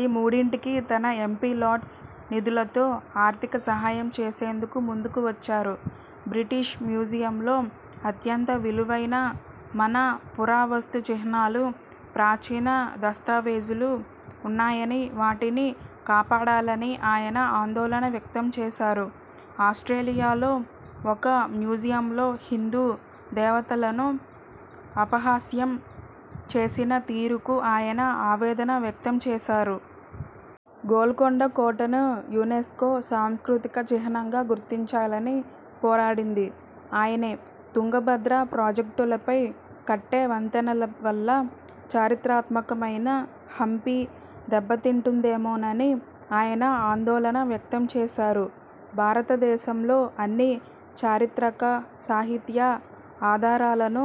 ఈ మూడింటికీ తన ఎంపీ లాడ్స్ నిధులతో ఆర్థిక సహాయం చేసేందుకు ముందుకు వచ్చారు. బ్రిటిష్ మ్యూజియంలో అత్యంత విలువైన మన పురావస్తు చిహ్నాలు, ప్రాచీన దస్తావేజులు ఉన్నాయని వాటిని కాపాడాలని ఆయన ఆందోళన వ్యక్తం చేశారు. ఆస్ట్రేలియాలో ఒక మ్యూజియంలో హిందూ దేవతలను అపహాస్యం చేసిన తీరుకు ఆయన ఆవేదన వ్యక్తం చేశారు. గోల్కొండ కోటను యునెస్కో సాంస్కృతిక చిహ్నంగా గుర్తించాలని పోరాడింది ఆయనే. తుంగభద్ర ప్రాజెక్టులపై కట్టే వంతెనల వల్ల చరిత్రాత్మకమైన హంపీ దెబ్బతింటుందేమోనని ఆయన ఆందోళన వ్యక్తంచేశారు. భారతదేశంలో అన్ని చారిత్రక, సాహిత్య ఆధారాలను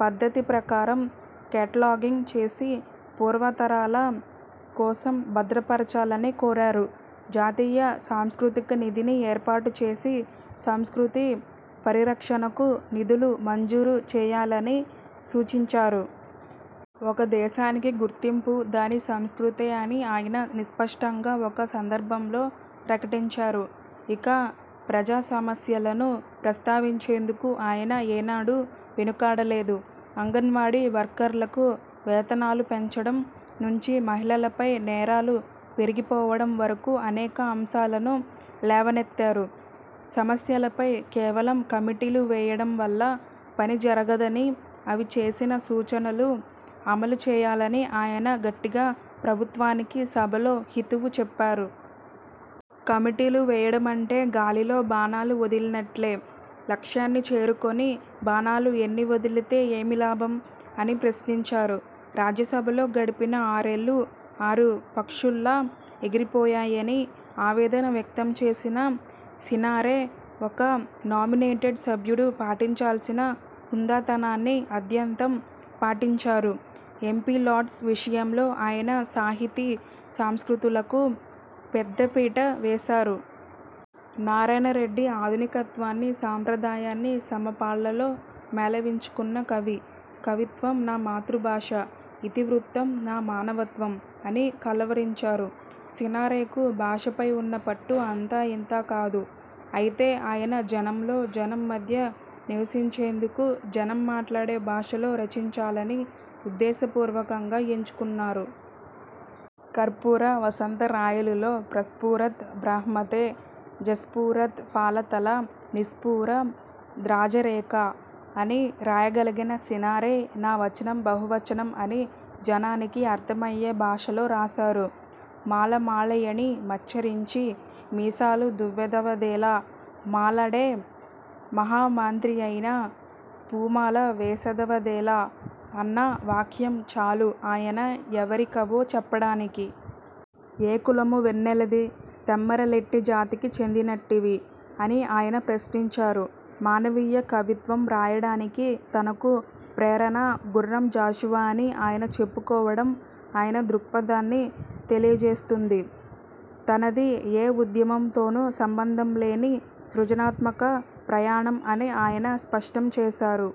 పద్ధతి ప్రకారం కేటలాగింగ్ చేసి పూర్వతరాల కోసం భద్రపరచాలని కోరారు. జాతీయ సాంస్కృతిక నిధిని ఏర్పాటు చేసి సంస్కృతీ పరిరక్షణకు నిధులు మంజూరు చేయాలని సూచించారు. ఒక దేశానికి గుర్తింపు దాని సంస్కృతే అని ఆయన విస్పష్టంగా ఒక సందర్భంలో ప్రకటించారు. ఇక ప్రజాసమస్యలను ప్రస్తావించేందుకు ఆయన ఏనాడూ వెనుకాడలేదు. అంగన్వాడీ వర్కర్లకు వేతనాలు పెంచడం నుంచి మహిళలపై నేరాలు పెరిగిపోవడం వరకు అనేక అంశాలను లేవనెత్తారు. సమస్యలపై కేవలం కమిటీలు వేయడం వల్ల పని జరగదని, అవి చేసిన సూచనలు అమలుచేయాలని ఆయన గట్టిగా ప్రభుత్వానికి సభలో హితువు చెప్పారు. ''కమిటీలు వేయడమంటే గాలిలో బాణాలు వదిలినట్లే. లక్ష్యాన్ని చేరుకోని బాణాలు ఎన్ని వదిలితే ఏమి లాభం? '' అని ప్రశ్నించారు. రాజ్యసభలో గడిపిన ఆరేళ్లూ ఆరు పక్షుల్లా ఎగిరిపోయాయని ఆవేదన వ్యక్తం చేసిన సినారె ఒక నామినేటెడ్ సభ్యుడు పాటించాల్సిన హుందాతనాన్ని అద్యంతం పాటించారు. ఎంపీ లాడ్స్ విషయంలో ఆయన సాహితీ, సంస్కృతులకు పెద్ద పీట వేశారు. నారాయణరెడ్డి ఆధునికత్వాన్నీ, సంప్రదాయాన్నీ సమపాళ్లలో మేళవించుకున్న కవి. ''కవిత్వం నా మాతృభాష –- ఇతివృత్తం నా మానవత్వం'' అని కలవరించారు. సినారెకు భాషపై ఉన్న పట్టు అంతా ఇంతా కాదు. అయితే ఆయన జనంలో జనం మధ్య నివసించేందుకు జనం మాట్లాడే భాషలో రచించాలని ఉద్దేశపూర్వకంగా ఎంచుకున్నారు. కర్పూర వసంతరాయలులో ''ప్రస్ఫురత్ బ్రహ్మతే, జస్ఫురత్ ఫాలతల విస్ఫుర ద్రాజరేఖా! '' అని రాయగలిగిన సినారె ''నా వచనం బహువచనం'' అని జనానికి అర్థమయ్యే భాషలో రాశారు. ''మాలమాలయని మచ్చరించి మీసాలుదువ్వెదవదేలా! మాలడే మహామంత్రియైన పూమాలవేసెదవదేలా! '' అన్న వాక్యం చాలు ఆయన ఎవరి కవో చెప్పడానికి. ''ఏ కులము వెన్నెలది? తెమ్మరలెట్టి జాతికి చెందినట్టివి? '' అని ఆయన ప్రశ్నించారు. మానవీయ కవిత్వం రాయడానికి తనకు ప్రేరణ గుర్రం జాషువా అని ఆయన చెప్పుకోవడం ఆయన దృక్పథాన్ని తెలియజేస్తుంది. తనది ఏ ఉద్యమంతోనూ సంబంధంలేని సృజనాత్మక ప్రయాణం అని ఆయన స్పష్టం చేశారు.